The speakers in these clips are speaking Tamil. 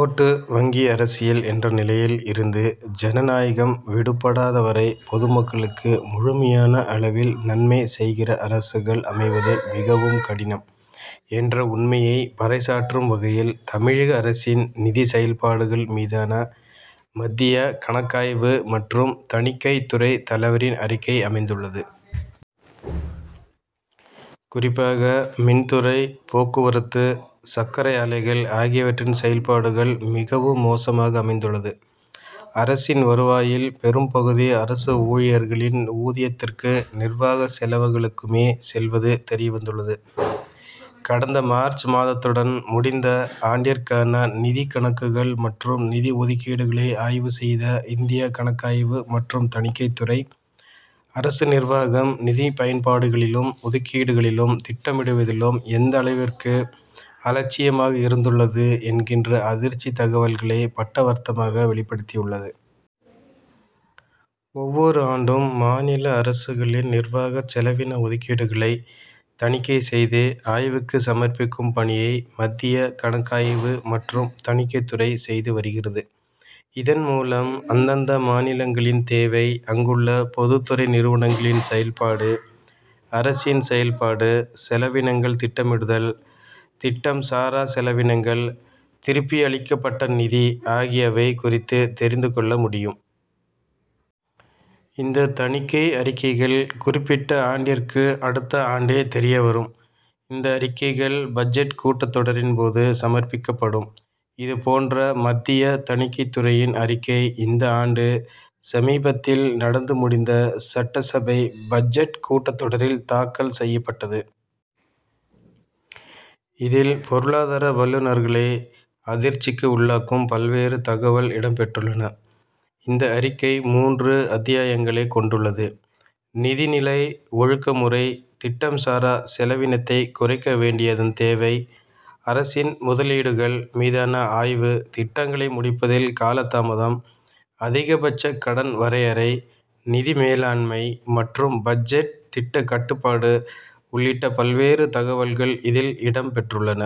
ஓட்டு வங்கி அரசியல் என்ற நிலையில் இருந்து ஜனநாயகம் விடுபடாத வரை பொதுமக்களுக்கு முழுமையான அளவில் நன்மை செய்கிற அரசுகள் அமைவது மிகவும் கடினம் என்ற உண்மையை பறைசாற்றும் வகையில் தமிழக அரசின் நிதி செயல்பாடுகள் மீதான மத்திய கணக் காய்வு மற்றும் தணிக்கைத் துறை தலைவரின் அறிக்கை அமைந்துள்ளது. குறிப்பாக, மின்துறை, போக்குவரத்து, சர்க்கரை ஆலைகள் ஆகியவற்றின் செயல்பாடுகள் மிகவும் மோசமாக அமைந்துள்ளதும் அரசின் வருவாயில் பெரும்பகுதி அரசு ஊழியர்களின் ஊதியத் திற்கும் நிர்வாக செலவுகளுக்குமே செல்வதும் தெரியவந்துள்ளது. கடந்த மார்ச் மாதத்துடன் முடிந்த ஆண்டிற்கான நிதிக் கணக்குகள் மற்றும் நிதி ஒதுக்கீடுகளை ஆய்வு செய்த இந்திய கணக்காய்வு மற்றும் தணிக்கைத்துறை, அரசு நிர்வாகம், நிதி பயன்பாடுகளிலும், ஒதுக்கீடுகளிலும் திட்டமிடுவதிலும் எந்தளவிற்கு அலட்சியமாக இருந்துள்ளது என்கின்ற அதிர்ச்சி தகவல்களை பட்டவர்த்தனமாக வெளிப்படுத்தியுள்ளது. ஒவ்வொரு ஆண்டும் மாநில அரசுகளின் நிர்வாக செலவின ஒதுக்கீடுகளை தணிக்கை செய்து ஆய்வுக்கு சமர்ப்பிக்கும் பணியை மத்திய கணக்காய்வு மற்றும் தணிக்கைத்துறை செய்து வருகிறது. இதன் மூலம் அந்தந்த மாநிலங்களின் தேவை, அங்குள்ள பொதுத் துறை நிறுவனங்களின் செயல் பாடு, அரசின் செயல்பாடு, செலவினங்கள், திட்டமிடுதல், திட்டம் சாரா செலவினங்கள், திருப்பியளிக்கப்பட்ட நிதி ஆகியவை குறித்து தெரிந்து கொள்ள முடியும். இந்த தணிக்கை அறிக்கைகள் குறிப்பிட்ட ஆண்டிற்கு அடுத்த ஆண்டே தெரிய வரும். இந்த அறிக்கைகள் பட்ஜெட் கூட்டத் தொடரின் போது சமர்ப்பிக்கப் படும். இது போன்ற மத்திய தணிக்கைத் துறையின் அறிக்கை இந்த ஆண்டு, சமீபத்தில் நடந்து முடிந்த சட்டசபை பட்ஜெட் கூட்டத் தொடரில் தாக்கல் செய்யப்பட்டது. இதில் பொருளாதார வல்லுனர்களை அதிர்ச்சிக்கு உள்ளாக்கும் பல்வேறு தகவல்கள் இடம் பெற்றுள்ளன. இந்த அறிக்கை மூன்று அத்தியாயங்களை கொண் டுள்ளது. நிதி நிலை ஒழுக்க முறை திட்டம் சாரா செலவினத்தை குறைக்க வேண்டியதன் தேவை அரசு முதலீடுகள் மீதான ஆய்வு திட்டங்களை முடிப்பதில் காலதாமதம் அதிகபட்ச கடன் வரையறை; நிதி மேலாண்மை மற்றும் பட்ஜெட் திட்ட கட்டுப்பாடு உள்ளிட்ட பல்வேறு தகவல்கள் இதில் இடம் பெற்றுள்ளன.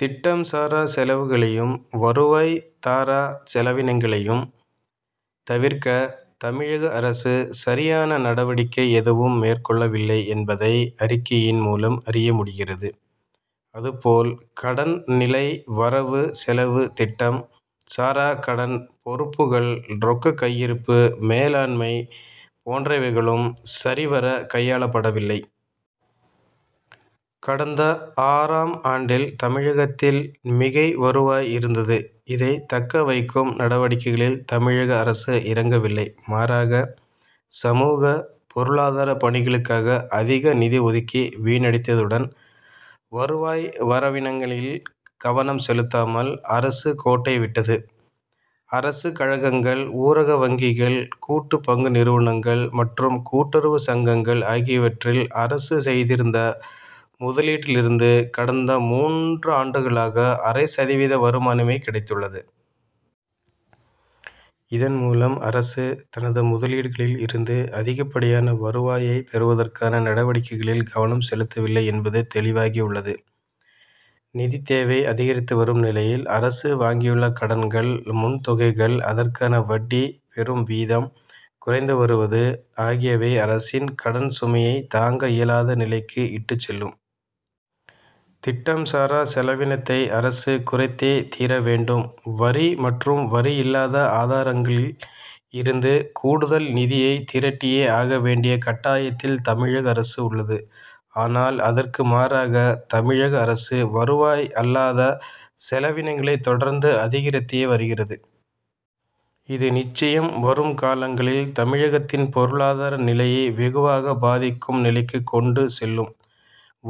திட்டம் சாரா செலவுகளையும், வருவாய் தாரா செலவினங்களையும் தவிர்க்க தமிழக அரசு, சரியான நடவடிக்கை எதுவும் மேற் கொள்ளவில்லை என்பதை, அறிக் கையின் மூலம் அறிய முடிகிறது. அது போல், கடன் நிலை வரவு செலவு திட்டம் சாரா கடன் பொறுப்புகள் ரொக்க கையிருப்பு மேலாண்மை போன்றவைகளும் சரி வர கையாளப்படவில்லை. கடந்த ஆறு ஆம் ஆண்டில், தமிழகத்தில் மிகை வருவாய் இருந்தது. இதை தக்க வைக்கும் நடவடிக்கைகளில் தமிழக அரசு இறங்கவில்லை. மாறாக, சமூக, பொருளாதாரப் பணிகளுக்காக அதிக நிதி ஒதுக்கி வீணடித்ததுடன், வருவாய் வரவினங்களில் கவனம் செலுத்தாமல் அரசு கோட்டை விட்டது. அரசு கழகங்கள் ஊரக வங்கிகள் கூட்டு பங்கு நிறுவனங்கள் மற்றும் கூட்டுறவு சங்கங்கள் ஆகியவற்றில் அரசு செய்திருந்த முதலீட்டிலிருந்து கடந்த மூன்றாண்டுகளாக அரை சதவீத வருமானமே கிடைத்துள்ளது. இதன் மூலம் அரசு, தனது முதலீடுகளில் இருந்து அதிகப்படியான வருவாயை பெறுவதற்கான நடவடிக்கைகளில் கவனம் செலுத்தவில்லை என்பது தெளிவாகியுள்ளது. நிதித் தேவை அதிகரித்து வரும் நிலையில் அரசு வாங்கியுள்ள கடன்கள் முன் தொகைகள், அதற்கான வட்டி பெறும் வீதம் குறைந்து வருவது ஆகியவை அரசின் கடன் சுமையை தாங்க இயலாத நிலைக்கு இட்டு செல்லும். திட்டம் சாரா செலவினத்தை அரசு குறைத்தே தீர வேண்டும் வரி மற்றும் வரிஇல்லாத ஆதாரங்களில் இருந்து கூடுதல் நிதியை திரட்டியே ஆக வேண்டிய கட்டாயத்தில் தமிழக அரசு உள்ளது. ஆனால், அதற்கு மாறாக தமிழக அரசு வருவாய் அல்லாத செலவினங்களை தொடர்ந்து அதிகரித்தே வருகிறது. இது நிச்சயம் வரும் காலங்களில் தமிழகத்தின் பொருளாதார நிலையை வெகுவாக பாதிக்கும் நிலைக்கு கொண்டு செல்லும்.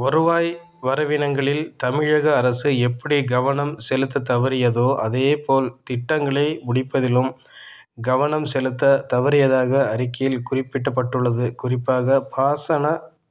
வருவாய் வரவினங்களில் தமிழக அரசு எப்படி கவனம் செலுத்த தவறியதோ அதுபோல் திட்டங்களை முடிப்பதிலும் கவனம் செலுத்த தவறியதாக அறிக்கையில் குறிப்பிடப்பட் டுள்ளது. குறிப்பாக பாசன